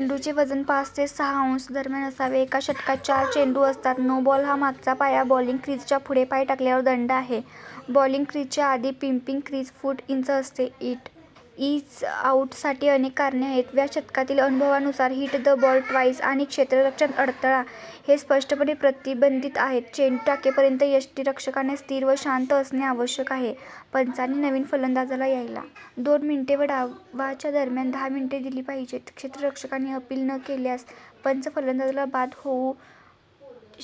चेंडूचे वजन पाच ते सहा औंस दरम्यान असावे; एका षटकात चार चेंडू असतात; नो-बॉल हा मागचा पाय बॉलिंग क्रीझच्या पुढे पाय टाकल्यावर दंड आहे; बॉलिंग क्रीजच्या आधी पॉपिंग क्रीज फूट इंच असते; "इट इज आउट" साठी अनेक कारणे आहेत; व्या शतकातील अनुभवांनुसार हिट द बॉल ट्वाइस आणि क्षेत्ररक्षणात अडथळा हे स्पष्टपणे प्रतिबंधीत आहेत; चेंडू टाकेपर्यंत यष्टिरक्षकाने स्थिर व शांत असणे आवश्यक आहे; पंचांनी नवीन फलंदाजला यायला दोन मिनिटे व डावाच्या दरम्यान दहा मिनिटे दिली पाहिजेत; क्षेत्ररक्षकांनी अपील न केल्यास पंच फलंदाजाला बाद देऊ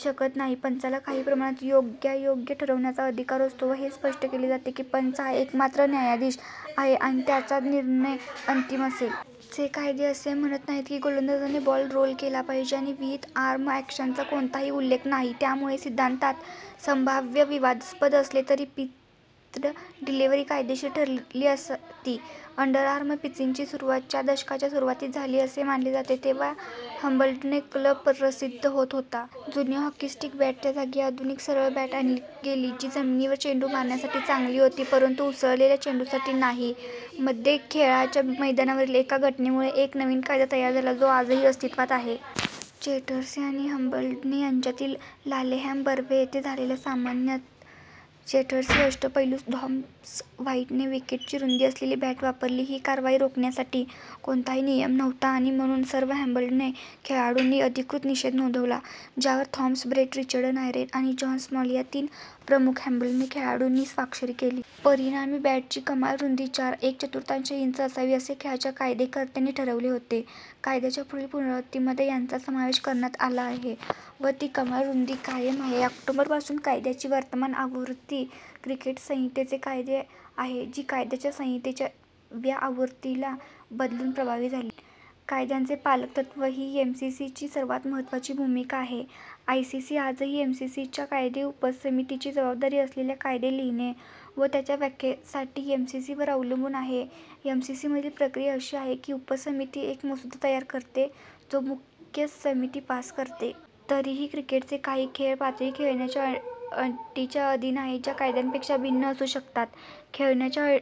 शकत नाहीत; पंचाला काही प्रमाणात योग्यायोग्य ठरवण्याचा अधिकार असतो व हे स्पष्ट केले जाते की पंच हा "एकमात्र न्यायाधीश" आहे आणि "त्याचा निर्णय अंतिम असेल". चे कायदे असे म्हणत नाहीत की गोलंदाजाने बॉल रोल केला पाहिजे आणि विहित आर्म ॲक्शनचा कोणताही उल्लेख नाही त्यामुळे, सिद्धांततः, संभाव्य विवादास्पद असले तरी पिच्ड डिलीव्हरी कायदेशीर ठरली असती. अंडरआर्म पिचिंगची सुरुवात च्या दशकाच्या सुरुवातीस झाली असे मानले जाते जेव्हा हॅम्बल्डन क्लब प्रसिद्ध होत होता. जुन्या "हॉकी स्टिक" बॅटच्या जागी आधुनिक सरळ बॅट आणली गेली जी जमिनीवर चेंडू मारण्यासाठी चांगली होती परंतु उसळलेल्या चेंडूसाठी नाही. मध्ये खेळाच्या मैदानावरील एका घटनेमुळे एक नवीन कायदा तयार झाला जो आजही अस्तित्त्वात आहे. चेर्टसी आणि हॅम्बल्डन यांच्यातील लालेहॅम बर्वे येथे झालेल्या सामन्यात चेर्टसी अष्टपैलू थॉमस व्हाईटने विकेटची रुंदी असलेली बॅट वापरली. ही कारवाई रोखण्यासाठी कोणताही नियम नव्हता आणि म्हणून सर्व हॅम्बल्डन खेळाडूंनी अधिकृत निषेध नोंदवला ज्यावर थॉमस ब्रेट, रिचर्ड नायरेन आणि जॉन स्मॉल या तीन प्रमुख हॅम्बल्डन खेळाडूंनी स्वाक्षरी केली. परिणामी, बॅटची कमाल रुंदी चार आणि एक चतुर्थांश इंच असावी, असे खेळाच्या कायदेकर्त्यांनी ठरवले होते; कायद्याच्या पुढील पुनरावृत्तीमध्ये याचा समावेश करण्यात आला आहे व ती कमाल रुंदी कायम आहे. ऑक्टोबर पासून कायद्याची वर्तमान आवृत्ती "क्रिकेट संहितेचे कायदे" आहे, जी " कायद्याच्या संहितेच्या" व्या आवृत्तीला बदलून प्रभावी झाली. कायद्यांचे पालकत्त्व ही एमसीसी ची सर्वात महत्वाची भूमिका आहे. आयसीसी आजही एमसीसी च्या कायदे उपसमितीची जबाबदारी असलेल्या कायदे लिहिणे व त्यांच्या व्याख्येसाठी एमसीसी वर अवलंबून आहे. एमसीसी मधील प्रक्रिया अशी आहे की उपसमिती एक मसुदा तयार करते जो मुख्य समिती पास करते. तरीही क्रिकेटचे काही खेळ पातळी खेळण्याच्या अटींच्या अधीन आहेत ज्या कायद्यांपेक्षा भिन्न असू शकतात. खेळण्याच्या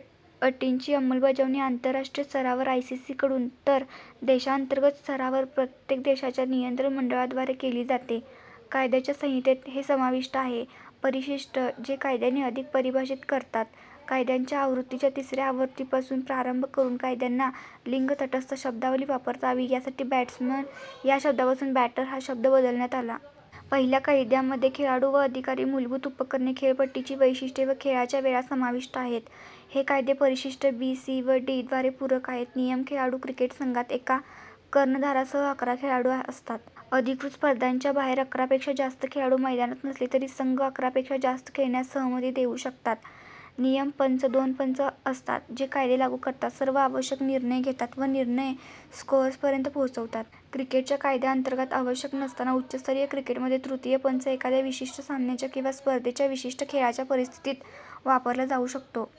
अटींची अंमलबजावणी आंतरराष्ट्रीय स्तरावर आयसीसीकडून तर देशांतर्गत स्तरावर प्रत्येक देशाच्या नियंत्रण मंडळाद्वारे केली जाते. कायद्याच्या संहितेत हे समाविष्ट आहे: परिशिष्ट, जे कायद्यांना अधिक परिभाषित करतात; कायद्यांच्या आवृत्तीच्या तिसऱ्या आवृत्तीपासून प्रारंभ करून कायद्यांना लिंग-तटस्थ शब्दावली वापरता यावी यासाठी "बॅट्समन " या शब्दापासून "बॅटर" हा शब्द बदलण्यात आला. पहिल्या कायद्यांमध्ये खेळाडू व अधिकारी, मूलभूत उपकरणे, खेळपट्टीची वैशिष्ट्ये व खेळाच्या वेळा समाविष्ट आहेत. हे कायदे परिशिष्ट बी, सी व डी द्वारे पूरक आहेत. नियम: खेळाडू. क्रिकेट संघात एका कर्णधारासह अकरा खेळाडू असतात. अधिकृत स्पर्धांच्या बाहेर अकरापेक्षा जास्त खेळाडू मैदानात नसले तरी संघ अकरा पेक्षा जास्त खेळण्यास सहमती देऊ शकतात. नियम: पंच. दोन पंच असतात, जे कायदे लागू करतात, सर्व आवश्यक निर्णय घेतात व निर्णय स्कोअरर्सपर्यंत पोहोचवतात. क्रिकेटच्या कायद्यांतर्गत आवश्यक नसताना उच्चस्तरीय क्रिकेटमध्ये तृतीय पंच एखाद्या विशिष्ट सामन्याच्या किंवा स्पर्धेच्या विशिष्ट खेळाच्या परिस्थितीत वापरला जाऊ शकतो.